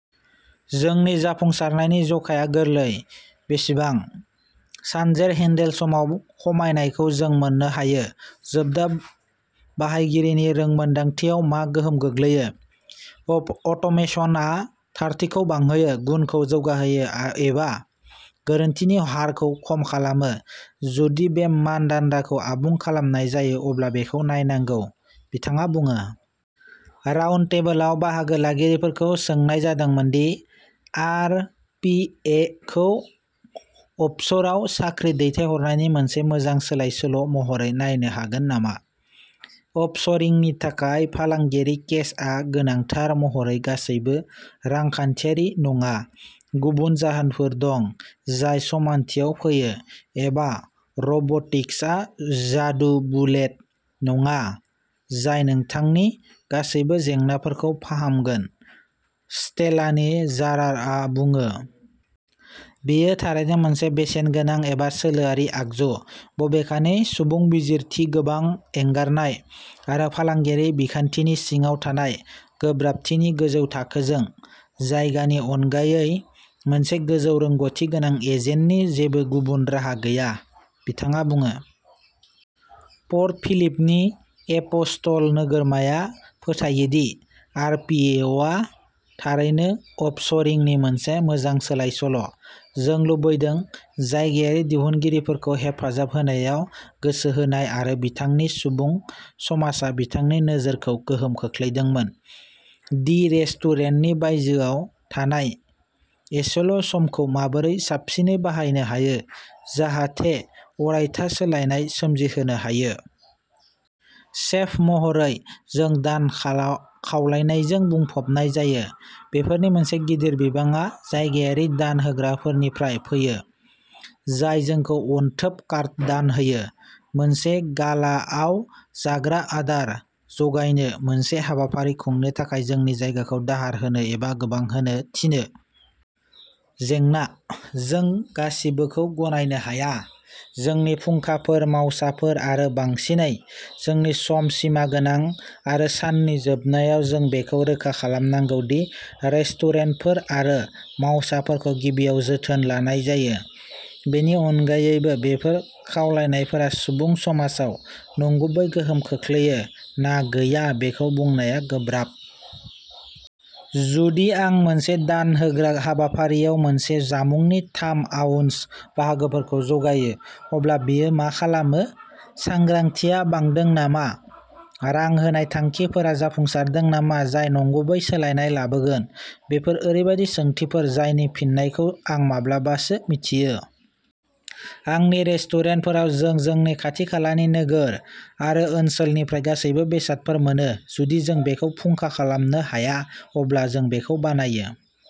" जोंनि जाफुंसारनायनि जखाया गोरलै; बेसेबां। सानजेर हेन्डेल समाव खमायनायखौ जों मोन्नो हायो, जोबथा बाहायगिरिनि रोंमोन्दांथियाव मा गोहोम गोग्लैयो, अट'मेसनआ थारथिखौ बांहोयो, गुनखौ जौगाहोयो एबा गोरोन्थिनि हारखौ खम खालामो। जुदि बे मानदान्दाखौ आबुं खालामनाय जायो, अब्ला बेखौ नायनांगौ ", बिथाङा बुङो। राउन्डटेबलआव बाहागो लागिरिफोरखौ सोंनाय जादोंमोन दि आर. पि. ए. खौ अफशोराव साख्रि दैथायहरनायनि मोनसे मोजां सोलायसोल'महरै नायनो हागोन नामा। अफशोरिंनि थाखाय फालांगियारि केसआ गोनांथार महरै गासैबो रांखान्थियारि नङा; गुबुन जाहोनफोर दं जाय समानथियाव फैयो आरो रब'टिक्सआ जादु बुलेट नङा जाय नोंथांनि गासैबो जेंनाफोरखौ फाहामगोन, स्टेलानि जारारआ बुङो। " बेयो थारैनो मोनसे बेसेनगोनां आरो सोलोआरि आगजु, बबेखानि, सुबुं बिजिरथि, गोबां एंगारनाय आरो फालांगियारि बिखान्थिनि सिङाव थानाय गोब्राबथिनि गोजौ थाखोजों, जायगानि अनगायै मोनसे गोजौ रोंग'थि गोनां एजेन्टनि जेबो गुबुन राहा गैया ", बिथाङा बुङो। पर्ट फिलिपनि एप'स्ट'ल नोगोरमाया फोथायो दि आर. पि. ए. आ'थारैनो'अफशोरिंनि मोनसे मोजां सोलायसोल'। " जों लुबैदों। जायगायारि दिहुनगिरिफोरखौ हेफाजाब होनायाव गोसो होनाय आरो बिथांनि सुबुं समाजआ बिथांनि नोजोरखौ गोहोम खोख्लैदोंमोन दि रेस्तुरेन्तनि बायजोआव थानाय एसेल'समखौ माबोरै साबसिनै बाहायनो हायो जाहाथे अरायथा सोलायनाय सोमजिहोनो हायो। सेफ महरै, जों दान खावलायनायजों बुंफबनाय जायो। बेफोरनि मोनसे गिदिर बिबांआ जायगायारि दान होग्राफोरनिफ्राय फैयो, जाय जोंखौ अनथोब कार्ड दान होनो, मोनसे गालाआव जाग्रा आदार जगायनो, मोनसे हाबाफारि खुंनो थाखाय जोंनि जायगाखौ दाहार होनो एबा गोबां होनो थिनो। जेंनाः जों गासिबोखौ गनायनो हाया। जोंनि फुंखाफोर, मावसाफोर, आरो बांसिनै, जोंनि सम, सिमा गोनां, आरो साननि जोबनायाव जों बेखौ रोखा खालामनांगौ दि रेस्तुरेन्तफोर आरो मावसाफोरखौ गिबियाव जोथोन लानाय जायो। बेनि अनगायैबो, बेफोर खावलायनायफोरा सुबुं समाजाव नंगुबै गोहोम खोख्लैयो ना गैया बेखौ बुंनाया गोब्राब। जुदि आं मोनसे दान होग्रा हाबाफारिआव मोनसे जामुंनि थाम-आउन्स बाहागोफोरखौ जगायो, अब्ला बेयो मा खालामो? सांग्रांथिया बांदों नामा? रां होनाय थांखिफोरा जाफुंसारदों नामा जाय नंगुबै सोलायनाय लाबोगोन? बेफोर ओरैबायदि सोंथिफोर जायनि फिननायखौ आं माब्लाबासो मिथियो। आंनि रेस्टुरेन्टफोराव, जों जोंनि खाथि-खालानि नोगोर आरो ओनसोलनिफ्राय गासैबो बेसादफोर मोनोः जुदि जों बेखौ फुंखा खालामनो हाया, अब्ला जों बेखौ बानायो।